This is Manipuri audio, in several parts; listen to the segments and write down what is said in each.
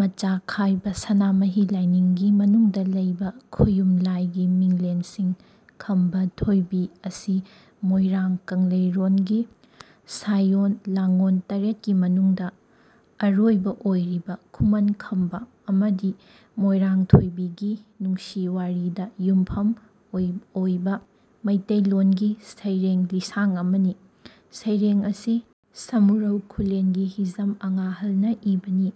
ꯃꯆꯥꯈꯥꯏꯕꯁꯅꯥꯃꯍꯤ ꯂꯥꯏꯅꯤꯡꯒꯤ ꯃꯅꯨꯡꯗ ꯂꯩꯕ ꯈꯣꯌꯨꯝ ꯂꯥꯏꯒꯤ ꯃꯤꯡꯂꯦꯟꯁꯤꯡ ꯈꯝꯕ ꯊꯣꯢꯕꯤ ꯑꯁꯤ ꯃꯣꯢꯔꯥꯡ ꯀꯪꯂꯩꯔꯣꯜꯒꯤ ꯁꯥꯢꯑꯣꯟ ꯂꯥꯡꯑꯣꯟ ꯇꯔꯦꯠꯀꯤ ꯃꯅꯨꯡꯗ ꯑꯔꯣꯢꯕ ꯑꯣꯢꯔꯤꯕ ꯈꯨꯃꯟ ꯈꯝꯕ ꯑꯃꯗꯤ ꯃꯣꯏꯔꯥꯡ ꯊꯣꯏꯕꯤꯒꯤ ꯅꯨꯡꯁꯤ ꯋꯥꯔꯤꯗ ꯌꯨꯝꯐꯝ ꯑꯣꯏꯕ ꯃꯤꯇꯩꯂꯣꯟꯒꯤ ꯁꯩꯔꯦꯡ ꯂꯤꯁꯥꯡ ꯑꯃꯅꯤ꯫ ꯁꯩꯔꯦꯡ ꯑꯁꯤ ꯁꯃꯨꯔꯧ ꯈꯨꯜꯂꯦꯟꯒꯤ ꯍꯤꯖꯝ ꯑꯉꯥꯡꯍꯜꯅ ꯏꯕꯅꯤ꯫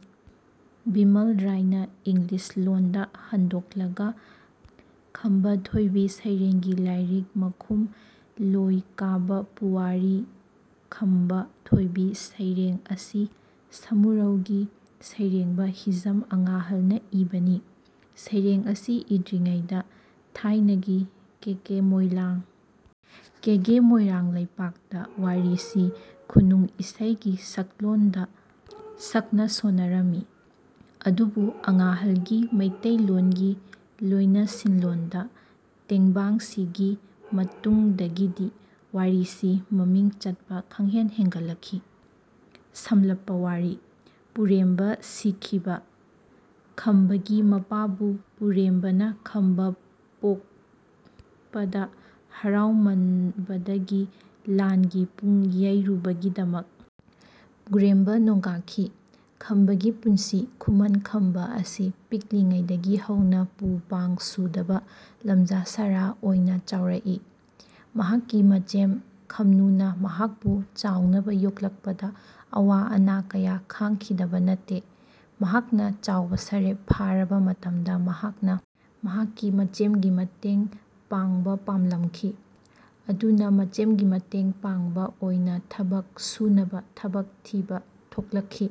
ꯚꯤꯃꯥꯜ ꯔꯥꯢꯅꯥ ꯏꯪꯂꯤꯁ ꯂꯣꯟꯗ ꯍꯟꯗꯣꯛꯂꯕ ꯈꯝꯕ ꯊꯣꯏꯕꯤ ꯁꯩꯔꯦꯡꯒꯤ ꯂꯥꯢꯔꯤꯛ ꯃꯈꯨꯝ ꯂꯣꯏ ꯀꯥꯕ ꯄꯨꯋꯥꯔꯤ ꯈꯝꯕ ꯊꯣꯢꯕꯤ ꯁꯩꯔꯦꯡ ꯑꯁꯤ ꯁꯃꯨꯔꯧꯒꯤ ꯁꯩꯔꯦꯡꯕ ꯍꯤꯖꯝ ꯑꯉꯥꯡꯍꯜꯅ ꯏꯕꯅꯤ꯫ ꯁꯩꯔꯦꯡ ꯑꯁꯤ ꯏꯗ꯭ꯔꯤꯉꯩꯗ ꯊꯥꯢꯅꯒꯤ ꯀꯦꯀꯦ ꯃꯣꯢꯂꯥꯡ ꯀꯦꯒꯦ ꯃꯣꯢꯔꯥꯡ ꯂꯩꯄꯥꯛꯇ ꯋꯥꯔꯤꯁꯤ ꯈꯨꯅꯨꯡ ꯏꯁꯩꯒꯤ ꯁꯛꯂꯣꯟꯗ ꯁꯛꯅ ꯁꯣꯟꯅꯔꯝꯢ꯫ ꯑꯗꯨꯕꯨ ꯑꯉꯥꯡꯍꯜꯒꯤ ꯃꯩꯇꯩꯂꯣꯟꯒꯤ ꯂꯣꯢꯅꯁꯤꯟꯂꯣꯟꯗ ꯇꯦꯡꯕꯥꯡꯁꯤꯒꯤ ꯃꯇꯨꯡꯗꯒꯤꯗꯤ ꯋꯥꯔꯤꯁꯤ ꯃꯃꯤꯡ ꯆꯠꯄ ꯈꯪꯍꯦꯟ ꯍꯦꯟꯒꯠꯂꯛꯈꯤ꯫ ꯁꯝꯂꯞꯄ ꯋꯥꯔꯤ ꯄꯨꯔꯦꯝꯕ ꯁꯤꯈꯤꯕ ꯈꯝꯕꯒꯤ ꯃꯄꯥꯕꯨ ꯄꯨꯔꯦꯝꯕꯅ ꯈꯝꯕ ꯄꯣꯛꯄꯗ ꯍꯔꯥꯎꯃꯟꯕꯗꯒꯤ ꯂꯥꯟꯒꯤ ꯄꯨꯡ ꯌꯩꯔꯨꯕꯒꯤꯗꯃꯛ ꯄꯨꯔꯦꯝꯕ ꯅꯣꯡꯒꯥꯈꯤ꯫ ꯈꯝꯕꯒꯤ ꯄꯨꯟꯁꯤ ꯈꯨꯃꯟ ꯈꯝꯕ ꯑꯁꯤ ꯄꯤꯛꯂꯤꯉꯩꯗꯒꯤ ꯍꯧꯅ ꯄꯨ ꯄꯥꯡ ꯁꯨꯗꯕ ꯂꯝꯖꯥ ꯁꯔꯥ ꯑꯣꯢꯅ ꯆꯥꯎꯔꯛꯏ꯫ ꯃꯍꯥꯛꯀꯤ ꯃꯆꯦꯝ ꯈꯝꯅꯨꯅ ꯃꯍꯥꯛꯄꯨ ꯆꯥꯎꯅꯕ ꯌꯣꯛꯂꯛꯄꯗ ꯑꯋꯥ ꯑꯅꯥ ꯀꯌꯥ ꯈꯥꯡꯈꯤꯗꯕ ꯅꯠꯇꯦ꯫ ꯃꯍꯥꯛꯅ ꯆꯥꯎꯕ ꯁꯔꯦꯞ ꯐꯥꯔꯕ ꯃꯇꯝꯗ ꯃꯍꯥꯛꯅ ꯃꯍꯥꯛꯀꯤ ꯃꯆꯦꯝꯒꯤ ꯃꯇꯦꯡ ꯄꯥꯡꯕ ꯄꯥꯝꯂꯝꯈꯤ꯫ ꯑꯗꯨꯅ ꯃꯆꯦꯝꯒꯤ ꯃꯇꯦꯡ ꯄꯥꯡꯕ ꯑꯣꯢꯅ ꯊꯕꯛ ꯁꯨꯅꯕ ꯊꯕꯛ ꯊꯤꯕ ꯊꯣꯛꯂꯛꯈꯤ꯫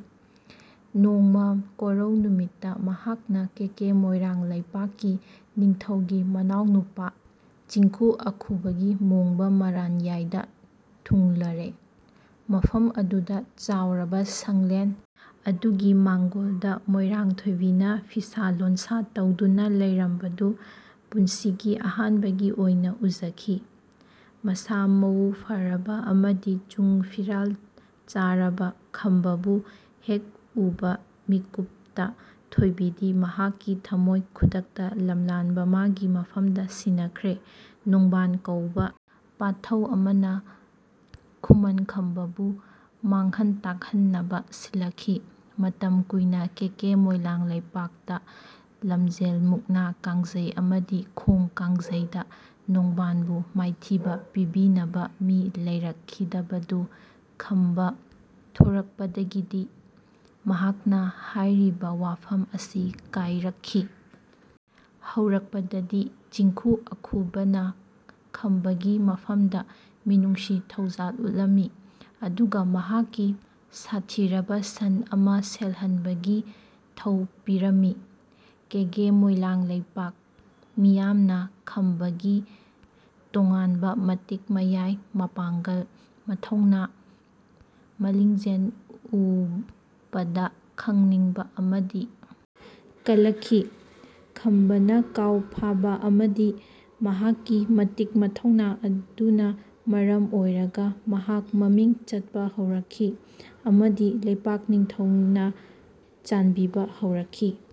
ꯅꯣꯡꯃ ꯀꯣꯔꯧ ꯅꯨꯃꯤꯠꯇ ꯃꯍꯥꯛꯅ ꯀꯦꯀꯦ ꯃꯣꯢꯂꯥꯡ ꯂꯩꯄꯥꯛꯀꯤ ꯅꯤꯡꯊꯧꯒꯤ ꯃꯅꯥꯎꯅꯨꯄꯥ ꯆꯤꯡꯈꯨ ꯑꯈꯨꯕꯒꯤ ꯃꯣꯡꯕ ꯃꯔꯥꯟꯌꯥꯢꯗ ꯊꯨꯡꯂꯨꯔꯦ꯫ ꯃꯐꯝ ꯑꯗꯨꯗ ꯆꯥꯎꯔꯕ ꯁꯪꯂꯦꯟ ꯑꯗꯨꯒꯤ ꯃꯥꯡꯒꯣꯟꯗ ꯃꯣꯢꯔꯥꯡ ꯊꯣꯢꯕꯤꯅ ꯐꯤꯁꯥ ꯂꯣꯟꯁꯥ ꯇꯧꯗꯨꯅ ꯂꯩꯔꯝꯕꯗꯨ ꯄꯨꯟꯁꯤꯒꯤ ꯑꯍꯥꯟꯕꯒꯤ ꯑꯣꯢꯅ ꯎꯖꯈꯤ꯫ ꯃꯁꯥ ꯃꯎ ꯐꯔꯕ ꯑꯃꯗꯤ ꯆꯨꯡ ꯐꯤꯔꯥꯜ ꯆꯥꯔꯕ ꯈꯝꯕꯕꯨ ꯍꯦꯛ ꯎꯕ ꯃꯤꯀꯨꯞꯇ ꯊꯣꯢꯕꯤꯗꯤ ꯃꯍꯥꯛꯀꯤ ꯊꯃꯣꯢ ꯈꯨꯗꯛꯇ ꯂꯝꯂꯥꯟꯕ ꯃꯥꯒꯤ ꯃꯐꯝꯗ ꯁꯤꯟꯅꯈ꯭ꯔꯦ꯫ ꯅꯣꯡꯕꯥꯟ ꯀꯧꯕ ꯄꯥꯊꯧ ꯑꯃꯅ ꯈꯨꯃꯟ ꯈꯝꯕ ꯕꯨ ꯃꯥꯡꯍꯟ ꯇꯥꯛꯍꯟꯅꯕ ꯁꯤꯜꯂꯛꯈꯤ꯫ ꯃꯇꯝ ꯀꯨꯢꯅ ꯀꯦꯀꯦ ꯃꯣꯢꯂꯥꯡ ꯂꯩꯄꯥꯛꯇ ꯂꯝꯆꯦꯜ ꯃꯨꯛꯅꯥ ꯀꯥꯡꯆꯩ ꯑꯃꯗꯤ ꯈꯣꯡ ꯀꯥꯡꯆꯩ ꯗ ꯅꯣꯡꯕꯥꯟ ꯕꯨ ꯃꯥꯢꯊꯤꯕ ꯄꯤꯕꯤꯅꯕ ꯃꯤ ꯂꯩꯔꯛꯈꯤꯗꯕꯗꯨ ꯈꯝꯕ ꯊꯣꯛꯔꯛꯄꯗꯒꯤꯗꯤ ꯃꯍꯥꯛꯅ ꯍꯥꯢꯔꯤꯕ ꯋꯥꯐꯝ ꯑꯁꯤ ꯀꯥꯢꯔꯛꯈꯤ꯫ ꯍꯧꯔꯛꯄꯗꯗꯤ ꯆꯤꯡꯈꯨ ꯑꯈꯨꯕ ꯅ ꯈꯝꯕ ꯒꯤ ꯃꯐꯝꯗ ꯃꯤꯅꯨꯡꯁꯤ ꯊꯧꯖꯥꯜ ꯎꯠꯂꯝꯃꯤ ꯑꯗꯨꯒ ꯃꯍꯥꯛꯀꯤ ꯁꯥꯊꯤꯔꯕ ꯁꯟ ꯑꯃ ꯁꯦꯜꯍꯟꯕꯒꯤ ꯊꯧ ꯄꯤꯔꯝꯃꯤ꯫ ꯀꯦꯀꯦ ꯃꯣꯢꯂꯥꯡ ꯂꯩꯄꯥꯛ ꯃꯤꯌꯥꯝꯅ ꯈꯝꯕ ꯒꯤ ꯇꯣꯉꯥꯟꯕ ꯃꯇꯤꯛ ꯃꯌꯥꯢ ꯃꯄꯥꯡꯒꯜ ꯃꯊꯧꯅꯥ ꯃꯂꯤꯡꯆꯦꯜ ꯎꯄꯗ ꯈꯪꯅꯤꯡꯕ ꯑꯃꯗꯤ ꯀꯜꯂꯛꯈꯤ꯫ ꯈꯝꯕꯅ ꯀꯥꯎ ꯐꯥꯕ ꯑꯃꯗꯤ ꯃꯍꯥꯛꯀꯤ ꯃꯇꯤꯛ ꯃꯊꯧꯅꯥ ꯑꯗꯨꯅ ꯃꯔꯝ ꯑꯣꯢꯔꯒ ꯃꯍꯥꯛ ꯃꯃꯤꯡ ꯆꯠꯄ ꯍꯧꯔꯛꯈꯤ ꯑꯃꯗꯤ ꯂꯩꯄꯥꯛ ꯅꯤꯡꯊꯧ ꯅ ꯆꯥꯟꯕꯤꯕ ꯍꯧꯔꯛꯈꯤ꯫